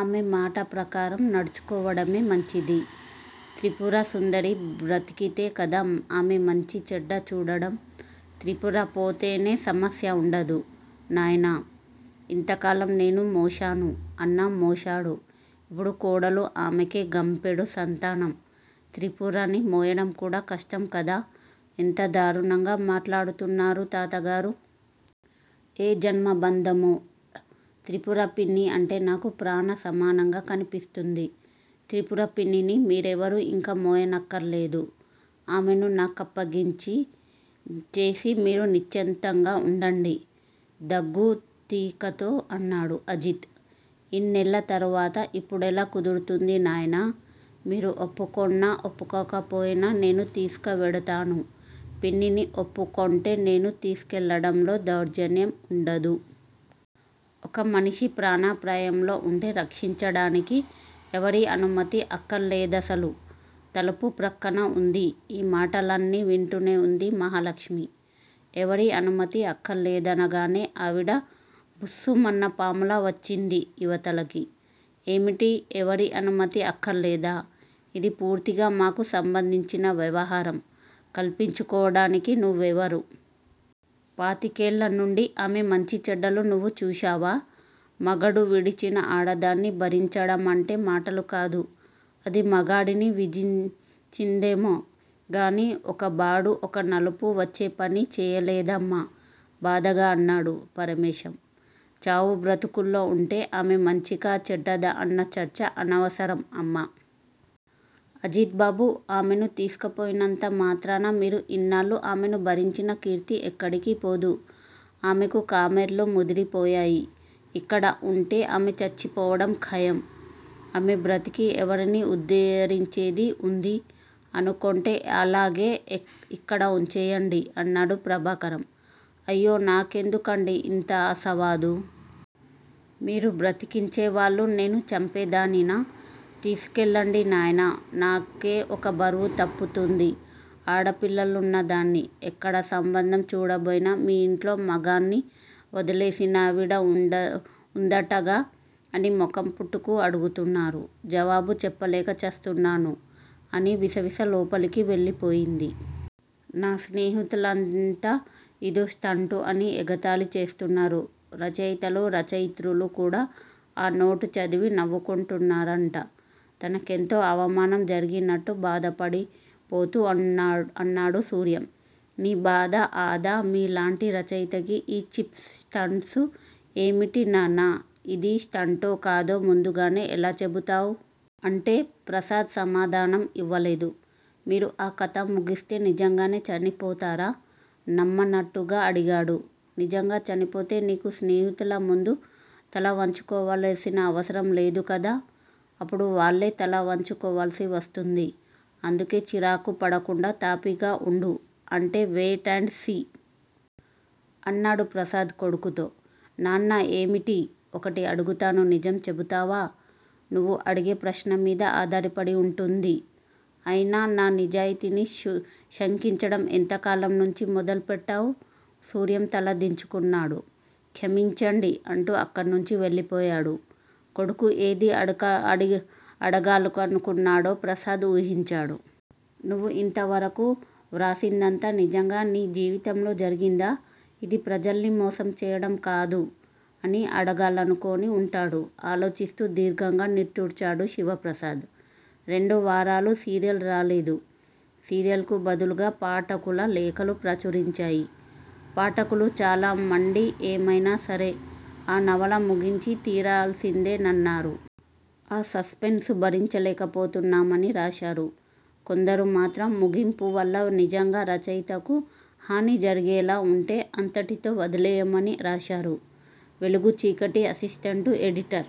ఆమె మాట ప్రకారం నడుచుకోవడమే మంచిది. త్రిపుర సుందరి బ్రతికితే కదా ఆమె మంచి చెడ్డ చూడడం? త్రిపుర పోతేనే సమస్య ఉండదు, నాయనా! ఇంతకాలం నేను మోశాను! అన్న మోశాడు. ఇప్పుడు కోడలు ఆమెకే గంపెడు సంతానం! త్రిపురని మోయడం కూడా కష్టంకదా! ఎంత దారుణంగా మాట్లాడుతున్నారు, తాతగారూ? ఏ జన్మ బంధమో! త్రిపుర పిన్ని అంటే నాకు ప్రాణ సమానంగా కనిపిస్తుంది. త్రిపుర పిన్నిని మీరెవరూ ఇక మోయక్కరలేదు. ఆమెను నా కప్పగిం చేసి మీరు నిశ్చింతంగా ఉండండి! దగ్గుత్తికతో అన్నాడు అజిత్. ఇన్నేళ్ళ తరువాత ఇప్పుడెలా కుదురుతుంది, నాయనా? మీరు ఒప్పకొన్నా, ఒప్పకోకపోయినా నేను తిసుకువేడతాను పిన్నిని ఒప్పకోంటే నేను తిసికెళ్ళడం లో దౌర్జన్యం ఉండదు! ఒక మనిషి ప్రాణాపాయంలో ఉంటే రక్షించడానికి ఎవరి అనుమతి అక్కరలేదసలు! తలుపు ప్రక్కన ఉంది ఈ మాటలన్నీ వింటూనే ఉంది మహాలక్ష్మి. ఎవరి అనుమతి అక్కరలేదనగానే ఆవిడ బుస్సుమన్న పాములా వచ్చింది ఇవతలకి. ఏమిటి? ఎవరి అనుమతి అక్కరలేదా? ఇదిపూర్తిగా మాకు సంబందించిన వ్యవహారం! కల్పించుకోడానికి నువ్వెవరు? పాతికేళ్ళ నుండి ఆమె మంచి చెడ్డలు నువ్వు చూశావా? మగడు విడిచిన ఆడదాన్ని భరించడమంటే మాటలుకాదు! అది మగడిని విదిచిందేమో గాని ఒక్కబాడూ ఒక్క నలుపు వచ్చేపని చేయలేదమ్మ! బాధగా అన్నాడు పరమేశం. ఆమె చావు బ్రతుకుల్లో ఉంటే, ఆమె మంచికా చెడ్డదా అన్న చర్చ అనవసరం, అమ్మ! అజిత్ బాబు ఆమెను తీసుకుపోయినంత మాత్రాన మీరు ఇన్నాళ్ళు ఆమెను భరించిన కీర్తి ఎక్కడికి పోదు. ఆమెకు కామెర్లు ముదిరిపోయాయి. ఇక్కడ ఉంటే ఆమె చచ్చిపోవడం ఖయం! ఆమె బ్రతికి ఎవరిని ఉద్ధరించేది ఉంది అనుకొంటే అలాగే ఇక్కడ ఉంచేయండి! అన్నాడు ప్రభాకరం. అయ్యో! నాకేందుకండి ఇంత అసవాదు? మీరు బ్రతికించేవాళ్ళు నేను చంపేదాన్నినా? తిసికేళ్ళండి, నాయనా! నాకే ఒక బరువు తప్పు తుంది ఆడపిల్లలున్న దాన్ని! ఎక్కడ సంబంధం చూడబోయినా మీ ఇంట్లో మగణ్ని వదిలేసినావిడ ఉందంటగా? అని ముఖం పుట్టుకు అడుగుతున్నారు. జవాబు చెప్పలేక చస్తున్నాను! అని, విసనిసా లోపలికి వెళ్ళి పోయింది. నా స్నేహితులంతా ఇదో స్టంటు అని ఎగతాళి చేస్తున్నారు. రచయితలూ, రచయిత్రులూ కూడా ఆ నోట్ చదివి నవ్వుకుంటున్నారట! తనకెంతో అవమానం జరిగినట్టు బాధపడిపోతూ అన్నాడు సూర్యం. నీ బాధ అదా? మీలాంటి రచయితకి ఈ చీప్ స్టంట్సు ఏమిటి నాన్నా? ఇది స్టంటో కాదో ముందుగానే ఎలా చెబుతావ్? అంటే? ప్రసాద్ సమాధానం ఇవ్వలేదు. మీరు ఆ కథ ముగిస్తే నిజంగానే చనిపోతారా? నమ్మనట్టుగా అడిగాడు. నిజంగా చనిపోతే నీకు నీ స్నేహితుల ముందు తలవంచుకోవల్సిన అవసరంలేదు కదా? అప్పుడు వాళ్లే తల వంచుకోవల్సి వస్తుంది. అందుకే చిరాకుపడకుండా తాపీగా ఉండు. అంటే? Wait and see! అన్నాడు ప్రసాద్ కొడుకుతో. నాన్నా! ఏమిటి? ఒకటి అడుగుతాను, నిజం చెబుతావా? నువ్వు అడిగే ప్రశ్నమీద ఆధారపడి ఉంటుంది. అయినా, నా నిజాయితీని శంకించడం ఎంతకాలం నుంచి మొదలుపెట్టావ్? సూర్యం తల దించుకొన్నాడు. క్షమించండి! అంటూ అక్కడ్నుంచి వెళ్ళిపోయాడు. కొడుకు ఏది అడగాలనుకొన్నాడో ప్రసాద్ ఊహించాడు. 'నువ్వు ఇంతవరకు వ్రాసిందంతా నిజంగా నీ జీవితంలో జరిగిందా? ఇది ప్రజల్ని మోసం చెయ్యడం కాదూ? ' అని అడగాలనుకొని ఉంటాడు. ఆలోచిస్తూ దీర్ఘంగా నిట్టూర్చాడు శివప్రసాద్. రెండు వారాలు సీరియల్ రాలేదు. సీరియల్ కు బదులుగా పాఠకుల లేఖలు ప్రచురించారు. పాఠకులు చాలా మండి ఏమైనా సరే ఆ నవల ముగించి తీరాల్సిందేనన్నారు. ఆ సస్పెన్సు భరించలేకపోతున్నామని రాశారు. కొందరు మాత్రం ముగింపువల్ల నిజంగా రచయితకు హాని జరిగేలా వుంటే అంతటితో వదిలెయ్యమని రాశారు. వెలుగు-చీకటి అసిస్టెంటు ఎడిటర్